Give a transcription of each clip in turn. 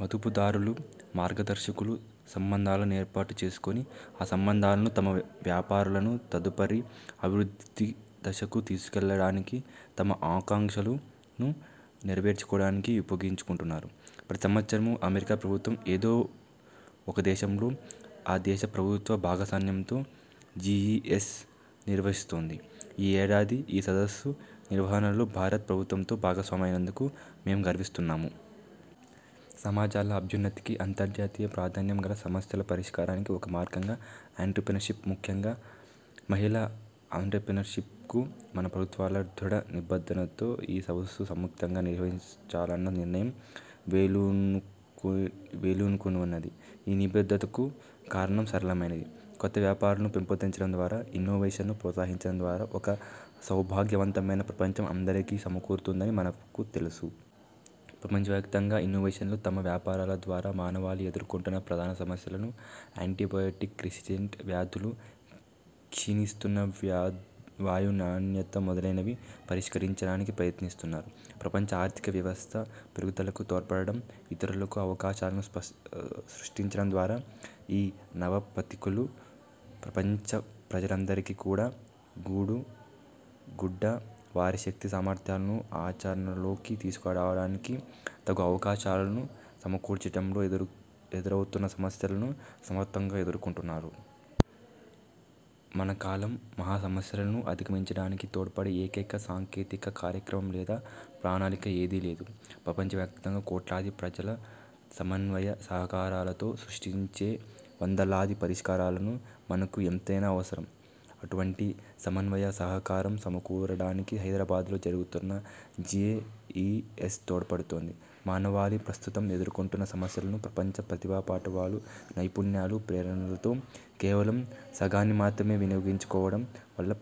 మదుపుదారులు, మార్గదర్శకులు సంబంధాల నేర్పాటు చేసుకొని, ఆ సంబంధాలను తమ వ్యాపారాలను తదుపరి అభివృద్ధి దశకు తీసుకు వెళ్ళడానికి, తమ ఆకాంక్షలను నెరవేర్చుకోవడానికి ఉపయోగించుకుంటున్నారు. ప్రతి సంవత్సరమూ, అమెరికా ప్రభుత్వం, ఏదో ఒక విదేశంలో, ఆ దేశ ప్రభుత్వ భాగస్వామ్యంతో జిఇఎస్ నిర్వహిస్తుంది. ఈ ఏడాది ఈ సదస్సు నిర్వహణలో భారత ప్రభుత్వంతో భాగస్వామి అయినందుకు మేము గర్విస్తున్నాము. సమాజాల అభ్యున్నతికి, అంతర్జాతీయ ప్రాధాన్యం గల సమస్యల పరిష్కారానికి ఒక మార్గంగా ఆంత్రప్రెన్యూర్షిప్, ముఖ్యంగా మహిళా ఆంత్రప్రెన్యూర్షిప్కు మన ప్రభుత్వాల దృఢ నిబద్ధతతో ఈ సదస్సును సంయుక్తంగా నిర్వహించాలన్న నిర్ణయం వేళ్ళూనుకునివున్నది. ఈ నిబద్ధతకు కారణం సరళమైనది. కొత్త వ్యాపారాలను పెంపొందించడం ద్వారా, ఇన్నోవేషన్ను ప్రోత్సహించడం ద్వారా ఒక సౌభాగ్యవంతమైన ప్రపంచం అందరికీ సమకూరుతుందని మనకు తెలుసు. ప్రపంచవ్యాప్తంగా ఇన్నోవేషన్లు తమ వ్యాపారాల ద్వారా మానవాళి ఎదుర్కొంటున్న ప్రధాన సమస్యలను––యాన్టీబయోటిక్ రెసిస్టెంట్ వ్యాధులు, క్షీణిస్తున్న వాయు నాణ్యత మొదలైనవి––పరిష్కరించడానికి ప్రయత్నిస్తున్నారు. ప్రపంచ ఆర్థిక వ్యవస్థ పెరుగుదలకు తోడ్పడడం, ఇతరులకు అవకాశాలను సృష్టించడం ద్వారా ఈ నవ పథికులు ప్రపంచ ప్రజలందరికీ కూడు, గూడు, గుడ్డ, వారి శక్తి సామర్థ్యాలను ఆచర ణలలోకి తీసుకురావడానికి తగు అవకాశాలను సమకూర్చడంలో ఎదురవుతున్న సమస్యలను సమర్థంగా ఎదుర్కొంటున్నారు. మన కాలం మహా సమస్యలను అధిగమించడానికి తోడ్పడే ఏకైక సాంకేతిక, కార్యక్రమం లేదా ప్రణాళిక ఏదీ లేదు. ప్రపంచవ్యాప్తంగా కోట్లాది ప్రజల సమన్వయ సహకారాలతో సృష్టించే వందలాది పరిష్కారాలు మనకు ఎంతైనా అవసరం. అటువంటి సమన్వయ సహకారం సమకూరడానికి హైదరాబాద్లో జరగనున్న జిఇఎస్ తోడ్పడుతుంది. మానవాళి ప్రస్తుతం ఎదుర్కొంటున్న సమస్యలను, ప్రపంచ ప్రతిభాపాటవాలు, నైపుణ్యాలు, ప్రేరణలతో కేవలం సగాన్ని మాత్రమే వినియోగించుకోవడం వల్ల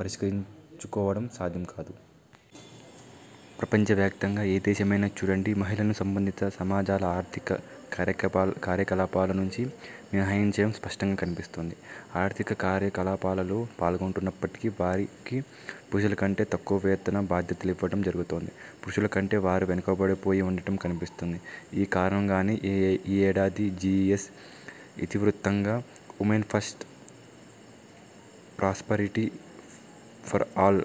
పరిష్కరించుకోవడం సాధ్యం కాదు. ప్రపంచవ్యాప్తంగా ఏ దేశామయినా చూడండి– మహిళలను సంబంధిత సమాజాల ఆర్థిక కార్యకలాపాల నుంచి మినహాయించడం స్పష్టంగా కన్పిస్తుంది. ఆర్థిక కార్యకలాపాలలో పాల్గొంటున్నప్పటికీ వారికి పురుషులకంటే తక్కువ వేతన భద్యతలు ఇవ్వడం జరుగుతోంది. పురుషులకంటే వారు వెనుకబడిపోయి వుండడం కన్పిస్తుంది. ఈ కారణంగానే ఈ ఏడాది జిఇఎస్ ఇతివృత్తంగా 'women first, prosperity for all'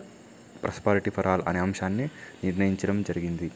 అనే అంశాన్ని నిర్ణయించడం జరిగింది.